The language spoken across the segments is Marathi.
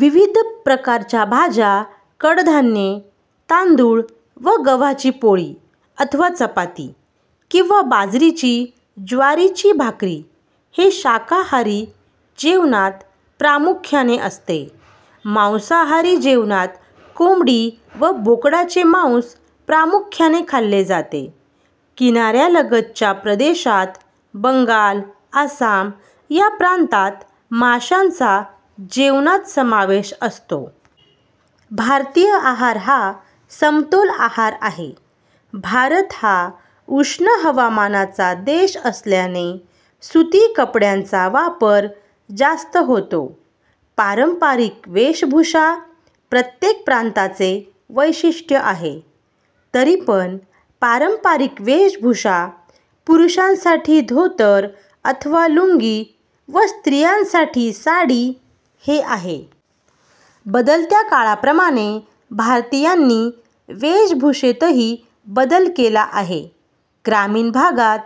विविध प्रकारच्या भाज्या कडधान्ये, तांदूळ व गव्हाची पोळी अथवा चपाती किंवा बाजरीची / ज्वारीची भाकरी हे शाकाहारी जेवणात प्रामुख्याने असते. मासांहारी जेवणात कोंबडी व बोकडाचे मांस प्रामुख्याने खाल्ले जाते. किनाऱ्यालगतच्या प्रदेशात, बंगाल, आसाम या प्रांतात माशांचा जेवणात समावेश असतो. भारतीय आहार हा समतोल आहार आहे. भारत हा उष्ण हवामानाचा देश असल्याने सुती कपड्यांचा वापर जास्त होतो. पारंपारिक वेषभूषा प्रत्येक प्रांताचे वैशिष्ट्ये आहे. तरीपण पारंपारिक वेषभूषा पुरुषांसाठी धोतर अथवा लुंगी व स्रियांसाठी साडी हे आहे. बदलत्या काळाप्रमाणे भारतीयांनी वेषभूषेतही बदल केला आहे. ग्रामीण भागात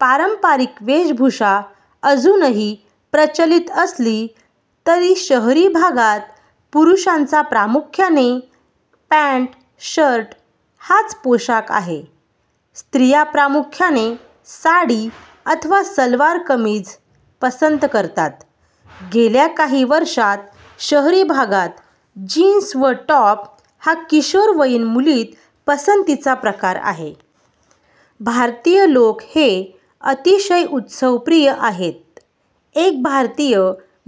पारंपारिक वेषभूषा अजूनही प्रचलित असली तरी शहरी भागात पुरुषांचा प्रामुख्याने पँट शर्ट हाच पोषाख आहे. स्रिया प्रामुख्याने साडी अथवा सलवार कमीझ पसंत करतात. गेल्या काही वर्षात शहरी भागात जीन्स व टॉप हा किशोरवयीन मुलींत पसंतीचा प्रकार आहे. भारतीय लोक हे अतिशय उत्सवप्रिय आहेत. एक भारतीय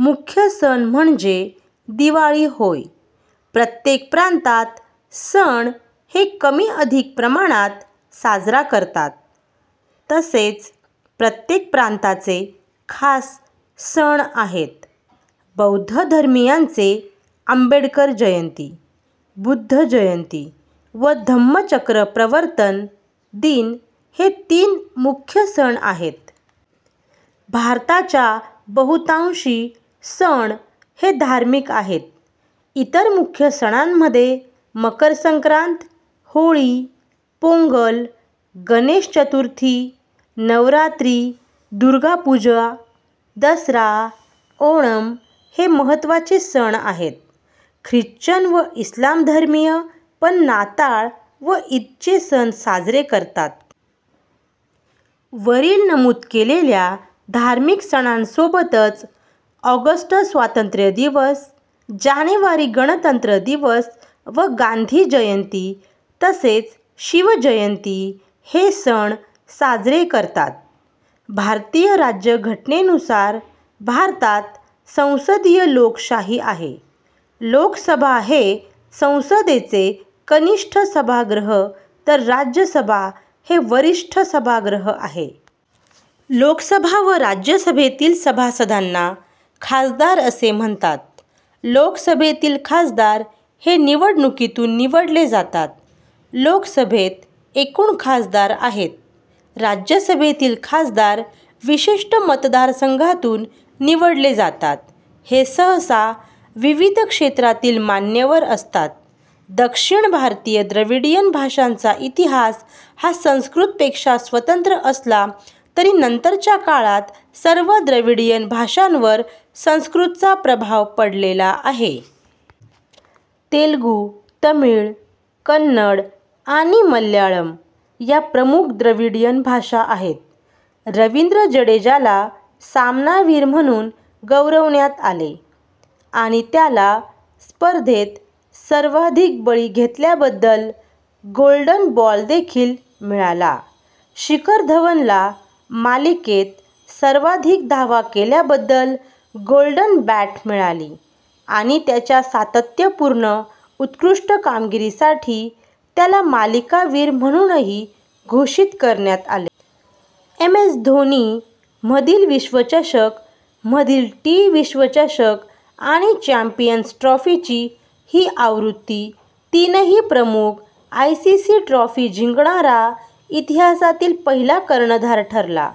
मुख्य सण म्हणजे दिवाळी होय. प्रत्येक प्रांतात सण हे कमी अधिक प्रमाणात साजरा करतात. तसेच प्रत्येक प्रांताचे खास सण आहेत. बौद्ध धर्मीयांचे आंबेडकर जयंती, बुद्ध जयंती व धम्मचक्र प्रवर्तन दिन हे तीन मुख्य सण आहेत. भारताच्या बहुतांशी सण हे धार्मिक आहेत. इतर मुख्य सणांमध्ये मकरसंक्रांत, होळी, पोंगल, गणेश चतुर्थी, नवरात्री, दुर्गापूजा, दसरा, ओणम हे मह्त्वाचे सण आहेत. ख्रिश्चन व इस्लाम धर्मीय पण नाताळ व ईदचे सण साजरा करतात. वरील नमूद केलेल्या धार्मिक सणांसोबतच ऑगस्ट स्वातंत्र्यदिवस, जानेवारी गणतंत्र दिवस व गांधी जयंती तसेच शिवजयंती हे सण साजरे करतात. भारतीय राज्य घटनेनुसार भारतात संसदीय लोकशाही आहे. लोकसभा हे संसदेचे कनिष्ठ सभागृह तर राज्यसभा हे वरिष्ठ सभागृह आहे. लोकसभा व राज्यसभेतील सभासदांना खासदार असे म्हणतात. लोकसभेतील खासदार हे निवडणुकीतून निवडले जातात. लोकसभेत एकूण खासदार आहेत. राज्यसभेतील खासदार विशिष्ट मतदारसंघांतून निवडले जातात. हे सहसा विविध क्षेत्रातील मान्यवर असतात. दक्षिण भारतीय द्रविडीय भाषांचा इतिहास हा संस्कृतपेक्षा स्वतंत्र असला तरी नंतरच्या काळात सर्व द्रविडीय भाषांवर संस्कृतचा प्रभाव पडलेला आहे. तेलुगू, तमिळ, कन्नड आणि मल्याळम या प्रमुख द्रविडीय भाषा आहेत. रवींद्र जडेजाला सामनावीर म्हणून गौरवण्यात आले आणि त्याला स्पर्धेत सर्वाधिक बळी घेतल्याबद्दल "गोल्डन बॉल" देखील मिळाला. शिखर धवनला मालिकेत सर्वाधिक धावा केल्याबद्दल "गोल्डन बॅट" मिळाली आणि त्याच्या सातत्यपूर्ण उत्कृष्ट कामगिरीसाठी त्याला मालिकावीर म्हणूनही घोषित करण्यात आले. एमएस धोनी मधील विश्वचषक, मधील टी- विश्वचषक आणि चॅम्पियन्स ट्रॉफीची ही आवृत्ती तीनही प्रमुख आयसीसी ट्रॉफी जिंकणारा इतिहासातील पहिला कर्णधार ठरला.